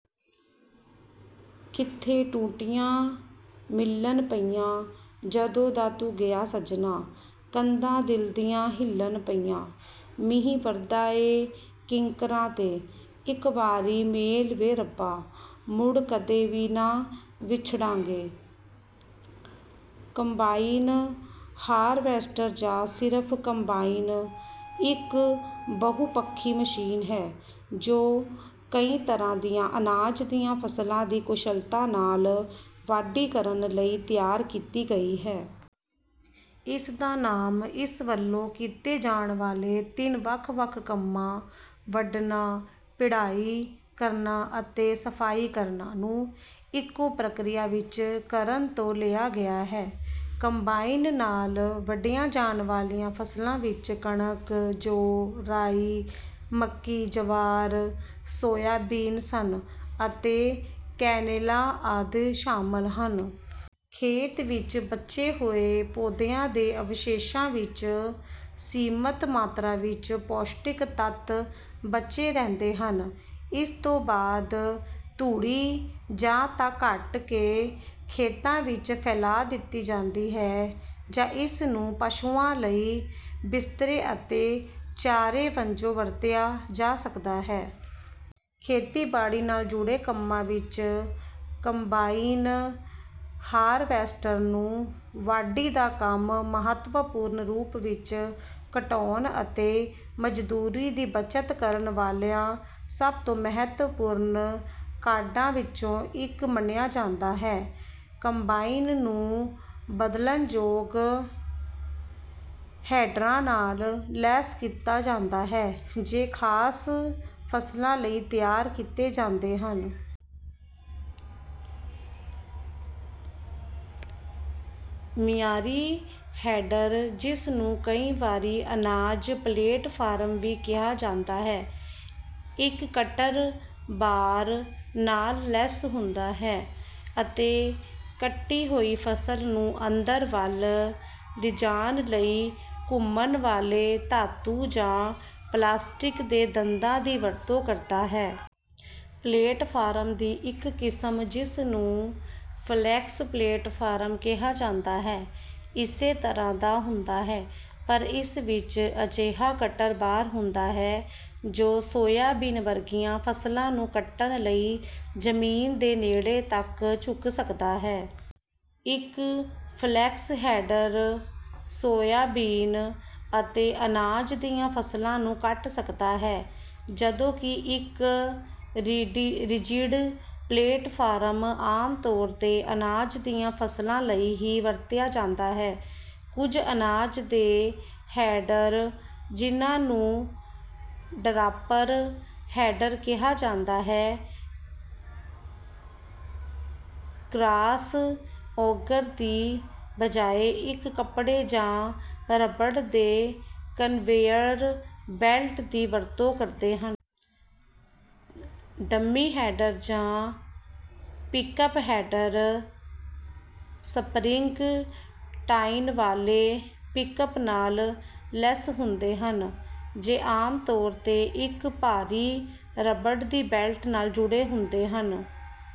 ਕਿੱਥੇ ਟੁੱਟੀਆਂ ਮਿਲਣ ਪਈਆਂ, ਜਦੋਂ ਦਾ ਤੂੰ ਗਿਆ ਸੱਜਣਾ, ਕੰਧਾਂ ਦਿਲ ਦੀਆਂ ਹਿੱਲਣ ਪਈਆਂ। ਮੀਂਹ ਵਰਦਾ ਏ ਕਿੱਕਰਾਂ ’ਤੇ, ਇਕ ਵਾਰੀ ਮੇਲ ਵੇ ਰੱਬਾ, ਮੁੜ ਕਦੇ ਵੀ ਨਾ ਵਿਛੜਾਂਗੇ। ਕੰਬਾਈਨ ਹਾਰਵੈਸਟਰ, ਜਾਂ ਸਿਰਫ਼ ਕੰਬਾਈਨ, ਇੱਕ ਬਹੁਪੱਖੀ ਮਸ਼ੀਨ ਹੈ, ਜੋ ਕਈ ਤਰ੍ਹਾਂ ਦੀਆਂ ਅਨਾਜ ਦੀਆਂ ਫ਼ਸਲਾਂ ਦੀ ਕੁਸ਼ਲਤਾ ਨਾਲ ਵਾਢੀ ਕਰਨ ਲਈ ਤਿਆਰ ਕੀਤੀ ਗਈ ਹੈ। ਇਸ ਦਾ ਨਾਮ ਇਸ ਵੱਲੋਂ ਕੀਤੇ ਜਾਣ ਵਾਲੇ ਤਿੰਨ ਵੱਖ-ਵੱਖ ਕੰਮਾਂ—ਵੱਢਣਾ, ਪਿੜਾਈ ਕਰਨਾ ਅਤੇ ਸਫ਼ਾਈ ਕਰਨਾ—ਨੂੰ ਇੱਕੋ ਪ੍ਰਕਿਰਿਆ ਵਿੱਚ ਕਰਨ ਤੋਂ ਲਿਆ ਗਿਆ ਹੈ। ਕੰਬਾਈਨ ਨਾਲ ਵੱਢੀਆਂ ਜਾਣ ਵਾਲੀਆਂ ਫ਼ਸਲਾਂ ਵਿੱਚ ਕਣਕ, ਜੌਂ, ਰਾਈ, ਮੱਕੀ, ਜਵਾਰ, ਸੋਇਆਬੀਨ ਸਨ ਅਤੇ ਕੈਨੋਲਾ ਆਦਿ ਸ਼ਾਮਲ ਹਨ। ਖੇਤ ਵਿੱਚ ਬਚੇ ਹੋਏ ਪੌਦਿਆਂ ਦੇ ਅਵਸ਼ੇਸ਼ਾਂ ਵਿੱਚ ਸੀਮਤ ਮਾਤਰਾ ਵਿੱਚ ਪੌਸ਼ਟਿਕ ਤੱਤ ਬਚੇ ਰਹਿੰਦੇ ਹਨ। ਇਸ ਤੋਂ ਬਾਅਦ ਤੂੜੀ ਜਾਂ ਤਾਂ ਘੱਟ ਕੇ ਖੇਤਾਂ ਵਿੱਚ ਫੈਲਾ ਦਿੱਤੀ ਜਾਂਦੀ ਹੈ ਜਾਂ ਇਸ ਨੂੰ ਪਸ਼ੂਆਂ ਲਈ ਬਿਸਤਰੇ ਅਤੇ ਚਾਰੇ ਵਜੋਂ ਵਰਤਿਆ ਜਾ ਸਕਦਾ ਹੈ। ਖੇਤੀਬਾੜੀ ਨਾਲ ਜੁੜੇ ਕੰਮਾਂ ਵਿੱਚ ਕੰਬਾਈਨ ਹਾਰਵੈਸਟਰ ਨੂੰ ਵਾਢੀ ਦਾ ਕੰਮ ਮਹੱਤਵਪੂਰਨ ਰੂਪ ਵਿੱਚ ਘਟਾਉਣ ਅਤੇ ਮਜ਼ਦੂਰੀ ਦੀ ਬੱਚਤ ਕਰਨ ਵਾਲੀਆਂ ਸਭ ਤੋਂ ਮਹੱਤਵਪੂਰਨ ਕਾਢਾਂ ਵਿੱਚੋਂ ਇੱਕ ਮੰਨਿਆ ਜਾਂਦਾ ਹੈ। ਕੰਬਾਈਨ ਨੂੰ ਬਦਲਣਯੋਗ ਹੈਡਰਾਂ ਨਾਲ ਲੈਸ ਕੀਤਾ ਜਾਂਦਾ ਹੈ, ਜੇ ਖ਼ਾਸ ਫ਼ਸਲਾਂ ਲਈ ਤਿਆਰ ਕੀਤੇ ਜਾਂਦੇ ਹਨ। ਮਿਆਰੀ ਹੈਡਰ, ਜਿਸ ਨੂੰ ਕਈ ਵਾਰ ਅਨਾਜ ਪਲੇਟਫਾਰਮ ਵੀ ਕਿਹਾ ਜਾਂਦਾ ਹੈ, ਇੱਕ ਕਟਰ ਬਾਰ ਨਾਲ ਲੈਸ ਹੁੰਦਾ ਹੈ ਅਤੇ ਕੱਟੀ ਹੋਈ ਫ਼ਸਲ ਨੂੰ ਅੰਦਰ ਵੱਲ ਲਿਜਾਣ ਲਈ ਘੁੰਮਣ ਵਾਲੇ ਧਾਤੂ ਜਾਂ ਪਲਾਸਟਿਕ ਦੇ ਦੰਦਾਂ ਦੀ ਵਰਤੋਂ ਕਰਦਾ ਹੈ। ਪਲੇਟਫਾਰਮ ਦੀ ਇੱਕ ਕਿਸਮ, ਜਿਸ ਨੂੰ ਫਲੈਕਸ ਪਲੇਟਫਾਰਮ ਕਿਹਾ ਜਾਂਦਾ ਹੈ, ਇਸੇ ਤਰ੍ਹਾਂ ਦਾ ਹੁੰਦਾ ਹੈ, ਪਰ ਇਸ ਵਿੱਚ ਅਜਿਹਾ ਕਟਰ ਬਾਰ ਹੁੰਦਾ ਹੈ ਜੋ ਸੋਇਆਬੀਨ ਵਰਗੀਆਂ ਫ਼ਸਲਾਂ ਨੂੰ ਕੱਟਣ ਲਈ ਜ਼ਮੀਨ ਦੇ ਨੇੜੇ ਤੱਕ ਝੁਕ ਸਕਦਾ ਹੈ। ਇੱਕ ਫਲੈਕਸ ਹੈਡਰ ਸੋਇਆਬੀਨ ਅਤੇ ਅਨਾਜ ਦੀਆਂ ਫ਼ਸਲਾਂ ਨੂੰ ਕੱਟ ਸਕਦਾ ਹੈ, ਜਦੋਂਕਿ ਇੱਕ ਰਿਜਿਡ ਪਲੇਟਫਾਰਮ ਆਮ ਤੌਰ ’ਤੇ ਅਨਾਜ ਦੀਆਂ ਫ਼ਸਲਾਂ ਲਈ ਹੀ ਵਰਤਿਆ ਜਾਂਦਾ ਹੈ। ਕੁਝ ਅਨਾਜ ਦੇ ਹੈਡਰ, ਜਿਨ੍ਹਾਂ ਨੂੰ ਡਰਾਪਰ ਹੈਡਰ ਕਿਹਾ ਜਾਂਦਾ ਹੈ, ਕ੍ਰਾਸ ਔਗਰ ਦੀ ਬਜਾਏ ਇੱਕ ਕੱਪੜੇ ਜਾਂ ਰਬੜ ਦੇ ਕਨਵੇਅਰ ਬੈਲਟ ਦੀ ਵਰਤੋਂ ਕਰਦੇ ਹਨ। ਡਮੀ ਹੈਡਰ ਜਾਂ ਪਿਕਅੱਪ ਹੈਡਰ ਸਪ੍ਰਿੰਗ-ਟਾਈਨ ਵਾਲੇ ਪਿਕਅੱਪ ਨਾਲ ਲੈਸ ਹੁੰਦੇ ਹਨ, ਜੇ ਆਮ ਤੌਰ ’ਤੇ ਇੱਕ ਭਾਰੀ ਰਬੜ ਦੀ ਬੈਲਟ ਨਾਲ ਜੁੜੇ ਹੁੰਦੇ ਹਨ।